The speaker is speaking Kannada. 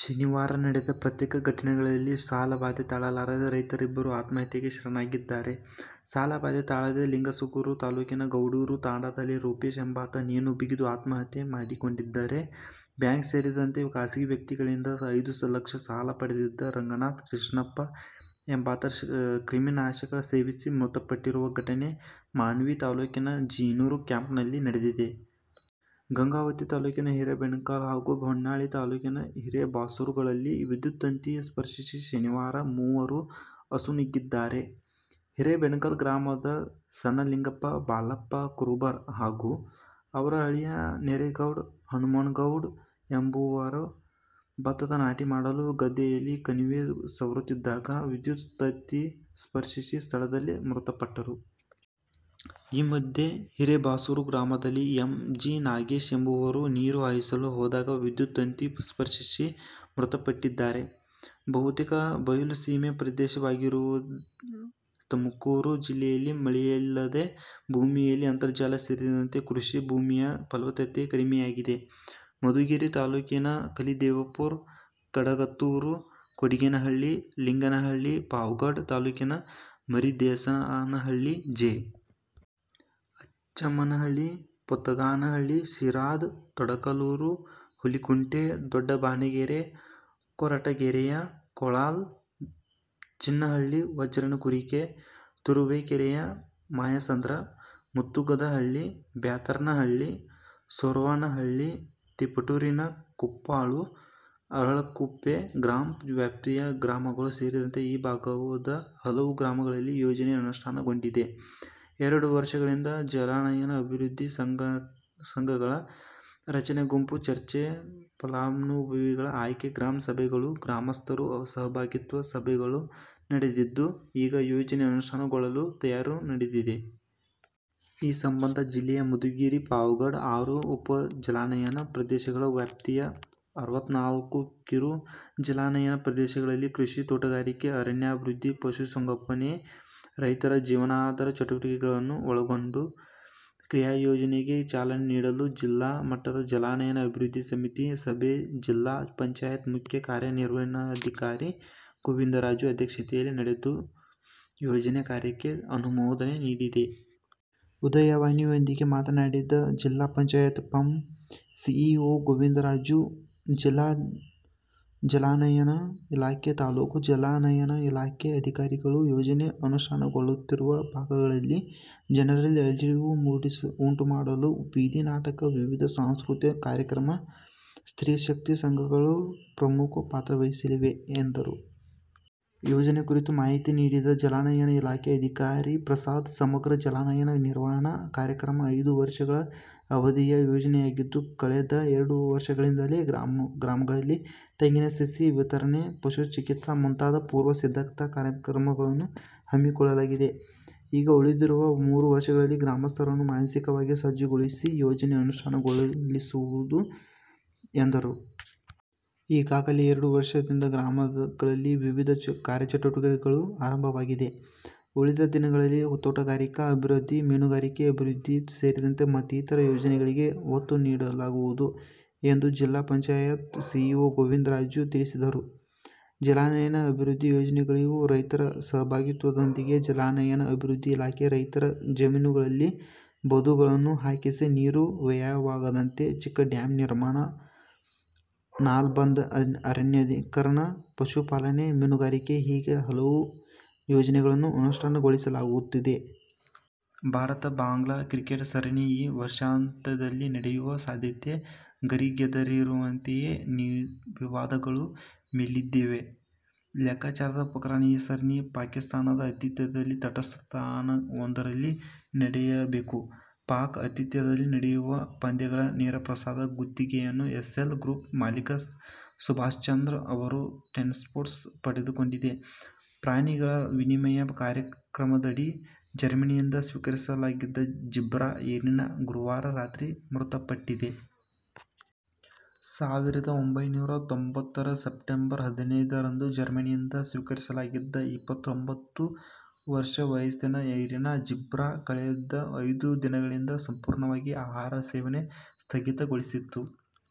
ಶನಿವಾರ ನಡೆದ ಪ್ರತ್ಯೇಕ ಘಟನೆಗಳಲ್ಲಿ ಸಾಲಬಾಧೆ ತಾಳಲಾರದೇ ರೈತರಿಬ್ಬರು ಆತ್ಮಹತ್ಯೆಗೆ ಶರಣಾಗಿದ್ದಾರೆ. ಸಾಲಬಾಧೆ ತಾಳದೆ ಲಿಂಗಸಗೂರು ತಾಲೂಕಿನ ಗೌಡೂರು ತಾಂಡಾದಲ್ಲಿ ರೂಪೇಶ ಎಂಬಾತ ನೇಣು ಬಿಗಿದು ಆತ್ಮಹತ್ಯೆ ಮಾಡಿಕೊಂಡಿದ್ದರೆ, ಬ್ಯಾಂಕ್ ಸೇರಿದಂತೆ ಖಾಸಗಿ ವ್ಯಕ್ತಿಗಳಿಂದ ಐದು ಲಕ್ಷ ಸಾಲ ಪಡೆದಿದ್ದ ರಂಗನಾಥ ಕೃಷ್ಣಪ್ಪ ಎಂಬಾತ ಕ್ರಿಮಿನಾಶಕ ಸೇವಿಸಿ ಮೃತಪಟ್ಟಿರುವ ಘಟನೆ ಮಾನ್ವಿ ತಾಲೂಕಿನ ಜೀನೂರು ಕ್ಯಾಂಪ್ನಲ್ಲಿ ನಡೆದಿದೆ. ಗಂಗಾವತಿ ತಾಲೂಕಿನ ಹಿರೇಬೆಣಕಲ್ ಹಾಗೂ ಹೊನ್ನಾಳಿ ತಾಲೂಕಿನ ಹಿರೇಬಾಸೂರುಗಳಲ್ಲಿ ವಿದ್ಯುತ್ ತಂತಿ ಸ್ಪರ್ಶಿಸಿ ಶನಿವಾರ ಮೂವರು ಅಸುನೀಗಿದ್ದಾರೆ. ಹಿರೇಬೆಣಕಲ್ ಗ್ರಾಮದ ಸಣ್ಣಲಿಂಗಪ್ಪ, ಬಾಲಪ್ಪ ಕುರುಬರ ಹಾಗೂ ಅವರ ಅಳಿಯ ನರೇಗೌಡ ಹನುಮನಗೌಡ ಎಂಬುವರು ಭತ್ತದ ನಾಟಿ ಮಾಡಲು ಗದ್ದೆಯಲ್ಲಿ ಕಣಿವೆ ಸವರುತ್ತಿದ್ದಾಗ ವಿದ್ಯುತ್ ತಂತಿ ಸ್ಪರ್ಶಿಸಿ, ಸ್ಥಳದಲ್ಲೇ ಮೃತಪಟ್ಟರು. ಈ ಮಧ್ಯೆ, ಹಿರೇಬಾಸೂರು ಗ್ರಾಮದಲ್ಲಿ ಎಂ. ಜಿ. ನಾಗೇಶ್ ಎಂಬುವರು ನೀರು ಹಾಯಿಸಲು ಹೋದಾಗ ವಿದ್ಯುತ್ ತಂತಿ ಸ್ಪರ್ಶಿಸಿ ಮೃತಪಟ್ಟಿದ್ದಾರೆ. ಬಹುತೇಕ ಬಯಲುಸೀಮೆ ಪ್ರದೇಶವಾಗಿರುವ ತುಮಕೂರು ಜಿಲ್ಲೆಯಲ್ಲಿ ಮಳೆಯಿಲ್ಲದೆ ಭೂಮಿಯಲ್ಲಿ ಅಂತರ್ಜಲ ಸೇರಿದಂತೆ ಕೃಷಿ ಭೂಮಿಯ ಫಲವತ್ತತೆ ಕಡಿಮೆಯಾಗಿದೆ. ಮಧುಗಿರಿ ತಾಲೂಕಿನ ಕಲಿದೇವಪುರ, ಕಡಗತ್ತೂರು, ಕೊಡಿಗೇನಹಳ್ಳಿ, ಸಿಂಗನಹಳ್ಳಿ; ಪಾವಗಡ ತಾಲೂಕಿನ ಮರಿದಾಸನಹಳ್ಳಿ, ಜೆ. ಅಚ್ಚಮ್ಮನಹಳ್ಳಿ, ಪೋತಗಾನಹಳ್ಳಿ; ಶಿರಾದ ತಡಕಲೂರು, ಹುಲಿಕುಂಟೆ, ದೊಡ್ಡಬಾಣಗೆರೆ; ಕೊರಟಗೆರೆಯ ಕೋಳಾಲ, ಚಿನ್ನಹಳ್ಳಿ, ವಜ್ರನಕುರಿಕೆ; ತುರುವೇಕೆರೆಯ ಮಾಯಸಂದ್ರ, ಮುತ್ತುಗದಹಳ್ಳಿ, ಬ್ಯಾತರನಹಳ್ಳಿ, ಸೊರವನಹಳ್ಳಿ; ತಿಪಟೂರಿನ ಕುಪ್ಪಾಳು, ಅರಳಕುಪ್ಪೆ ಗ್ರಾಪಂ ವ್ಯಾಪ್ತಿಯ ಗ್ರಾಮಗಳು ಸೇರಿದಂತೆ ಈ ಭಾಗದ ಹಲವು ಗ್ರಾಮಗಳಲ್ಲಿ ಯೋಜನೆ ಅನುಷ್ಠಾನಗೊಂಡಿದೆ. ಎರಡು ವರ್ಷಗಳಿಂದ ಜಲಾನಯನ ಅಭಿವೃದ್ಧಿ ಸಂಘಗಳ ರಚನೆ, ಗುಂಪು ಚರ್ಚೆ, ಫಲಾನುಭವಿಗಳ ಆಯ್ಕೆ ಗ್ರಾಮ ಸಭೆಗಳು, ಗ್ರಾಮಸ್ಥರ ಸಹಭಾಗಿತ್ವ ಸಭೆಗಳು ನಡೆದಿದ್ದು ಈಗ ಯೋಜನೆ ಅನುಷ್ಠಾನಗೊಳ್ಳಲು ತಯಾರಿ ನಡೆದಿದೆ. ಈ ಸಂಬಂಧ ಜಿಲ್ಲೆಯ ಮಧುಗಿರಿ, ಪಾವಗಡ, ಆರು ಉಪಜಲಾನಯನ ಪ್ರದೇಶಗಳ ವ್ಯಾಪ್ತಿಯ ಅರವತ್ನಾಲ್ಕು ಕಿರು ಜಲಾನಯನ ಪ್ರದೇಶಗಳಲ್ಲಿ ಕೃಷಿ, ತೋಟಗಾರಿಕೆ, ಅರಣ್ಯಾಭಿವೃದ್ಧಿ, ಪಶುಸಂಗೋಪನೆ, ರೈತರ ಜೀವನಾಧಾರ ಚಟುವಟಿಕೆಗಳನ್ನು ಒಳಗೊಂಡ ಕ್ರಿಯಾಯೋಜನೆಗೆ ಚಾಲನೆ ನೀಡಲು ಜಿಲ್ಲಾ ಮಟ್ಟದ ಜಲಾನಯನ ಅಭಿವೃದ್ದಿ ಸಮಿತಿ ಸಭೆ ಜಿಲ್ಲಾ ಪಂಚಾಯತ್ ಮುಖ್ಯ ಕಾರ್ಯನಿರ್ವಹಣಾಧಿಕಾರಿ ಗೋವಿಂದರಾಜು ಅಧ್ಯಕ್ಷತೆಯಲ್ಲಿ ನಡೆದು ಯೋಜನೆ ಕಾರ್ಯಕ್ಕೆ ಅನುಮೋದನೆ ನೀಡಿದೆ. ''ಉದಯವಾಣಿ''ಯೊಂದಿಗೆ ಮಾತನಾಡಿದ ಜಿಲ್ಲಾ ಪಂಚಾಯತ್ ಪಂ ಸಿಇಒ ಗೋವಿಂದರಾಜು, ಜಿಲ್ಲಾ ಜಲಾನಯನ ಇಲಾಖೆ, ತಾಲೂಕು ಜಲಾ ನಯನ ಇಲಾಖೆ ಅಧಿಕಾರಿಗಳು ಯೋಜನೆ ಅನುಷ್ಠಾನಗೊಳ್ಳುತ್ತಿರುವ ಭಾಗಗಳಲ್ಲಿ ಜನರಲ್ಲಿ ಅರಿವು ಉಂಟು ಮಾಡಲು ಬೀದಿ ನಾಟಕ, ವಿವಿಧ ಸಾಂಸ್ಕೃತಿಕ ಕಾರ್ಯಕ್ರಮ, ಸ್ತ್ರೀ ಶಕ್ತಿ ಸಂಘಗಳು ಪ್ರಮುಖ ಪಾತ್ರವಹಿಸಲಿವೆ ಎಂದರು. ಯೋಜನೆ ಕುರಿತು ಮಾಹಿತಿ ನೀಡಿದ ಜಲಾನಯನ ಇಲಾಖೆ ಅಧಿಕಾರಿ ಪ್ರಸಾದ್ ಸಮಗ್ರ ಜಲಾನಯನ ನಿರ್ವಹಣಾ ಕಾರ್ಯಕ್ರಮ ಐದು ವರ್ಷಗಳ ಅವಧಿಯ ಯೋಜನೆಯಾಗಿದ್ದು ಕಳೆದ ಎರಡು ವರ್ಷಗಳಿಂದಲೇ ಗ್ರಾಮಗಳಲ್ಲಿ ತೆಂಗಿನ ಸಸಿ ವಿತರಣೆ, ಪಶು ಚಿಕಿತ್ಸಾ ಮುಂತಾದ ಪೂರ್ವ ಸಿದ್ಧತಾ ಕಾರ್ಯಕ್ರಮಗಳನ್ನು ಹಮ್ಮಿಕೊಳ್ಳಲಾಗಿದೆ. ಈಗ ಉಳಿದಿರುವ ಮೂರು ವರ್ಷಗಳಲ್ಲಿ ಗ್ರಾಮಸ್ಥರನ್ನು ಮಾನಸಿಕವಾಗಿ ಸಜ್ಜುಗೊಳಿಸಿ ಯೋಜನೆ ಅನುಷ್ಠಾನಗೊಳಿಸಲಾಗುವುದು ಎಂದರು. ಈಗಾಗಲೇ ಎರಡು ವರ್ಷದಿಂದ ಗ್ರಾಮಗಳಲ್ಲಿ ವಿವಿಧ ಕಾರ್ಯಚಟುವಟಿಕೆಗಳು ಆರಂಭವಾಗಿದೆ. ಉಳಿದ ದಿನಗಳಲ್ಲಿ ತೋಟಗಾರಿಕಾ ಅಭಿವೃದ್ಧಿ, ಮೀನುಗಾರಿಕೆ ಅಭಿವೃದ್ಧಿ ಸೇರಿದಂತೆ ಮತ್ತಿತರ ಯೋಜನೆಗಳಿಗೆ ಒತ್ತು ನೀಡಲಾಗುವುದು ಎಂದು ಜಿಲ್ಲಾ ಪಂಚಾಯತ್ ಸಿಇಒ ಗೋವಿಂದರಾಜು ತಿಳಿಸಿದರು. ಜಲಾನಯನ ಅಭಿವೃದ್ಧಿ ಯೋಜನೆಗಳಿವು ರೈತರ ಸಹಭಾಗಿತ್ವದೊಂದಿಗೆ ಜಲಾನಯನ ಅಭಿವೃದ್ಧಿ ಇಲಾಖೆ ರೈತರ ಜಮೀನುಗಳಲ್ಲಿ ಬದುಗಳನ್ನು ಹಾಕಿಸಿ, ನೀರು ವ್ಯಯವಾಗದಂತೆ ಚಿಕ್ಕ ಡ್ಯಾಂ ನಿರ್ಮಾಣ, ನಾಲ ಬಂದ್, ಅರಣ್ಯೀಕರಣ, ಪಶುಪಾಲನೆ, ಮೀನುಗಾರಿಕೆ ಹೀಗೆ ಹಲವು ಯೋಜನೆಗಳನ್ನು ಅನುಷ್ಠಾನಗೊಳಿಸಲಾಗುತ್ತಿದೆ. ಭಾರತ-ಬಾಂಗ್ಲಾ ಕ್ರಿಕೆಟ್ ಸರಣಿ ಈ ವರ್ಷಾಂತ್ಯದಲ್ಲಿ ನಡೆಯುವ ಸಾಧ್ಯತೆ ಗರಿಗೆದರಿರುವಂತೆಯೇ ವಿವಾದಗಳೂ ಮೇಲೆದ್ದಿವೆ. ಲೆಕ್ಕಾಚಾರದ ಪ್ರಕಾರ ಈ ಸರಣಿ ಪಾಕಿಸ್ತಾನದ ಆತಿಥ್ಯದಲ್ಲಿ ತಟಸ್ಥ ತಾಣವೊಂದರಲ್ಲಿ ನಡೆಯಬೇಕು. ಪಾಕ್ ಆತಿಥ್ಯದಲ್ಲಿ ನಡೆಯುವ ಪಂದ್ಯಗಳ ನೇರಪ್ರಸಾರದ ಗುತ್ತಿಗೆಯನ್ನು ಎಸ್ಸೆಲ್ ಗ್ರೂಪ್ ಮಾಲಿಕ ಸುಭಾಷ್ಚಂದ್ರ ಅವರ ಟೆನ್ನ್ಪೋರ್ಟ್ಸ್ ಪಡೆದುಕೊಂಡಿದೆ. ಪ್ರಾಣಿಗಳ ವಿನಿಮಯ ಕಾರ್ಯಕ್ರಮದಡಿ ಜರ್ಮನಿಯಿಂದ ಸ್ವೀಕರಿಸಲಾಗಿದ್ದ ಜೀಬ್ರಾ "ಎರಿನಾ' ಗುರುವಾರ ರಾತ್ರಿ ಮೃತಪಟ್ಟಿದೆ. ಸಾವಿರದ ಒಂಭೈನೂರ ತೊಂಬತ್ತರ ಸೆಪ್ಟಂಬರ್ ಹದಿನೈದರಂದು ಜರ್ಮನಿಯಿಂದ ಸ್ವೀಕರಿಸಲಾಗಿದ್ದ ಇಪ್ಪತ್ತೊಂಬತ್ತು ವರ್ಷ ವಯಸ್ಸಿನ ಎರಿನಾ ಜೀಬ್ರಾ, ಕಳೆದ ಐದು ದಿನಗಳಿಂದ ಸಂಪೂರ್ಣವಾಗಿ ಆಹಾರ ಸೇವನೆ ಸ್ಥಗಿತಗೊಳಿಸಿತ್ತು.